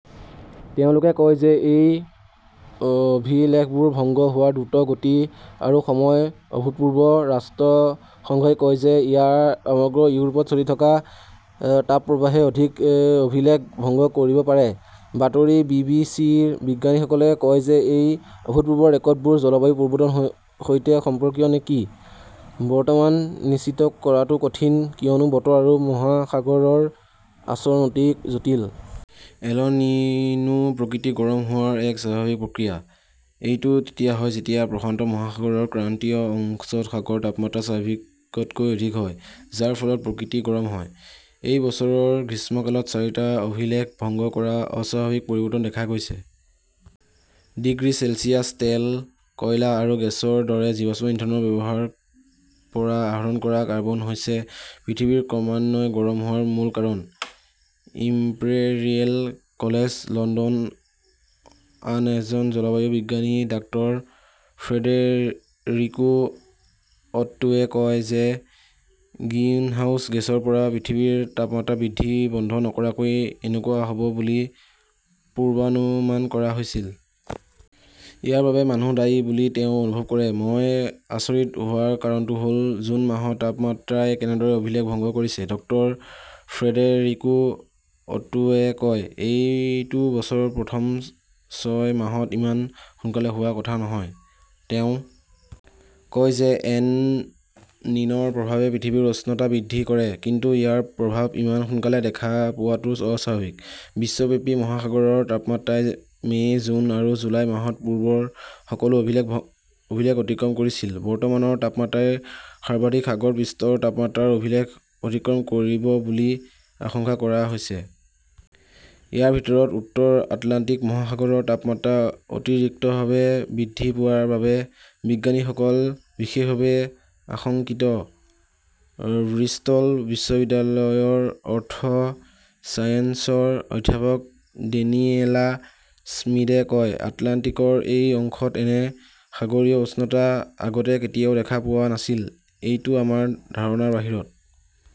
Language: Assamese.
তেওঁলোকে কয় যে এই অভিলেখবোৰ ভংগ হোৱাৰ দ্ৰুত গতি আৰু সময় 'অভূতপূৰ্ব। ৰাষ্ট্ৰসংঘই কয় যে ইয়াৰ সমগ্ৰ ইউৰোপত চলি থকা তাপপ্ৰবাহে অধিক অভিলেখ ভংগ কৰিব পাৰে। বাতৰি বি. বি. চি. ৰ বিজ্ঞানীসকলে কয় যে এই অভূতপূৰ্ব ৰেকৰ্ডবোৰ জলবায়ু পৰিৱৰ্তনৰ সৈতে সম্পৰ্কিয় নেকি বৰ্তমান নিশ্চিত কৰাটো কঠিন, কিয়নো বতৰ আৰু মহাসাগৰৰ আচৰণ অতি জটিল। এল'নিনো প্ৰকৃতি গৰম হোৱাৰ এক স্বাভাৱিক প্ৰক্ৰিয়া। এইটো তেতিয়া হয় যেতিয়া প্ৰশান্ত মহাসাগৰৰ ক্ৰান্তীয় অংশত সাগৰৰ তাপমাত্ৰা স্বাভাৱিকতকৈ অধিক হয়, যাৰ ফলত প্ৰকৃতি গৰম হয়। এই বছৰৰ গ্ৰীষ্মকালত চাৰিটা অভিলেখ ভংগ কৰা অস্বাভাৱিক পৰিৱৰ্তন দেখা গৈছে। Degree Celsius. তেল, কয়লা আৰু গেছৰ দৰে জীৱাশ্ম ইন্ধনৰ ব্যৱহাৰৰ পৰা আহৰণ কৰা কাৰ্বন হৈছে পৃথিৱীৰ ক্ৰমান্বয়ে গৰম হোৱাৰ মূল কাৰণ। ইম্পেৰিয়েল কলেজ লণ্ডন আন এজন জলবায়ু বিজ্ঞানী ডাক্তৰ ফ্ৰেডেৰিকো অট্টোৱে কয় যে গিইনহাউছ গেছৰ পৰা পৃথিৱীৰ তাপমাত্ৰা বৃদ্ধি বন্ধ নকৰাকৈ এনেকুৱা হ'ব বুলি পূৰ্বানুমান কৰা হৈছিল। ইয়াৰ বাবে মানুহ দায়ী বুলি তেওঁ অনুভৱ কৰে। মই আচৰিত হোৱাৰ কাৰণটো হ'ল-জুন মাহত তাপমাত্ৰাই কেনেদৰে অভিলেখ ভংগ কৰিছে। ড. ফ্ৰেডেৰিকো অটোৱে কয়। এইটো বছৰৰ প্ৰথম ছয় মাহত ইমান সোনকালে হোৱাৰ কথা নহয়। তেওঁ কয় যে এল নিনৰ প্ৰভাৱে পৃথিৱীৰ উষ্ণতা বৃদ্ধি কৰে, কিন্তু ইয়াৰ প্ৰভাৱ ইমান সোনকালে দেখা পোৱাটো অস্বাভাৱিক। বিশ্বব্যাপী মহাসাগৰৰ তাপমাত্ৰাই মে ', জুন আৰু জুলাই মাহত পূৰ্বৰ সকলো অভিলেখ অভিলেখ অতিক্ৰম কৰিছিল। বৰ্তমানৰ তাপমাত্ৰাই সাৰ্বাধিক সাগৰ পৃষ্ঠৰ তাপমাত্ৰাৰ অভিলেখ অতিক্ৰম কৰিব বুলি আশংকা কৰা হৈছে। ইয়াৰ ভিতৰত, উত্তৰ আটলাণ্টিক মহাসাগৰৰ তাপমাত্ৰা অতিৰিক্তভাৱে বৃদ্ধি পোৱাৰ বাবে বিজ্ঞানীসকল বিশেষভাৱে আশংকিত। ব্ৰিষ্টল বিশ্ববিদ্যালয়ৰ অৰ্থ ছায়েন্সৰ অধ্যাপক ডেনিয়েলা শ্মিডে কয়, আটলাণ্টিকৰ এই অংশত এনে সাগৰীয় উষ্ণতা আগতে কেতিয়াও দেখা পোৱা নাছিল। এইটো আমাৰ ধাৰণাৰ বাহিৰত।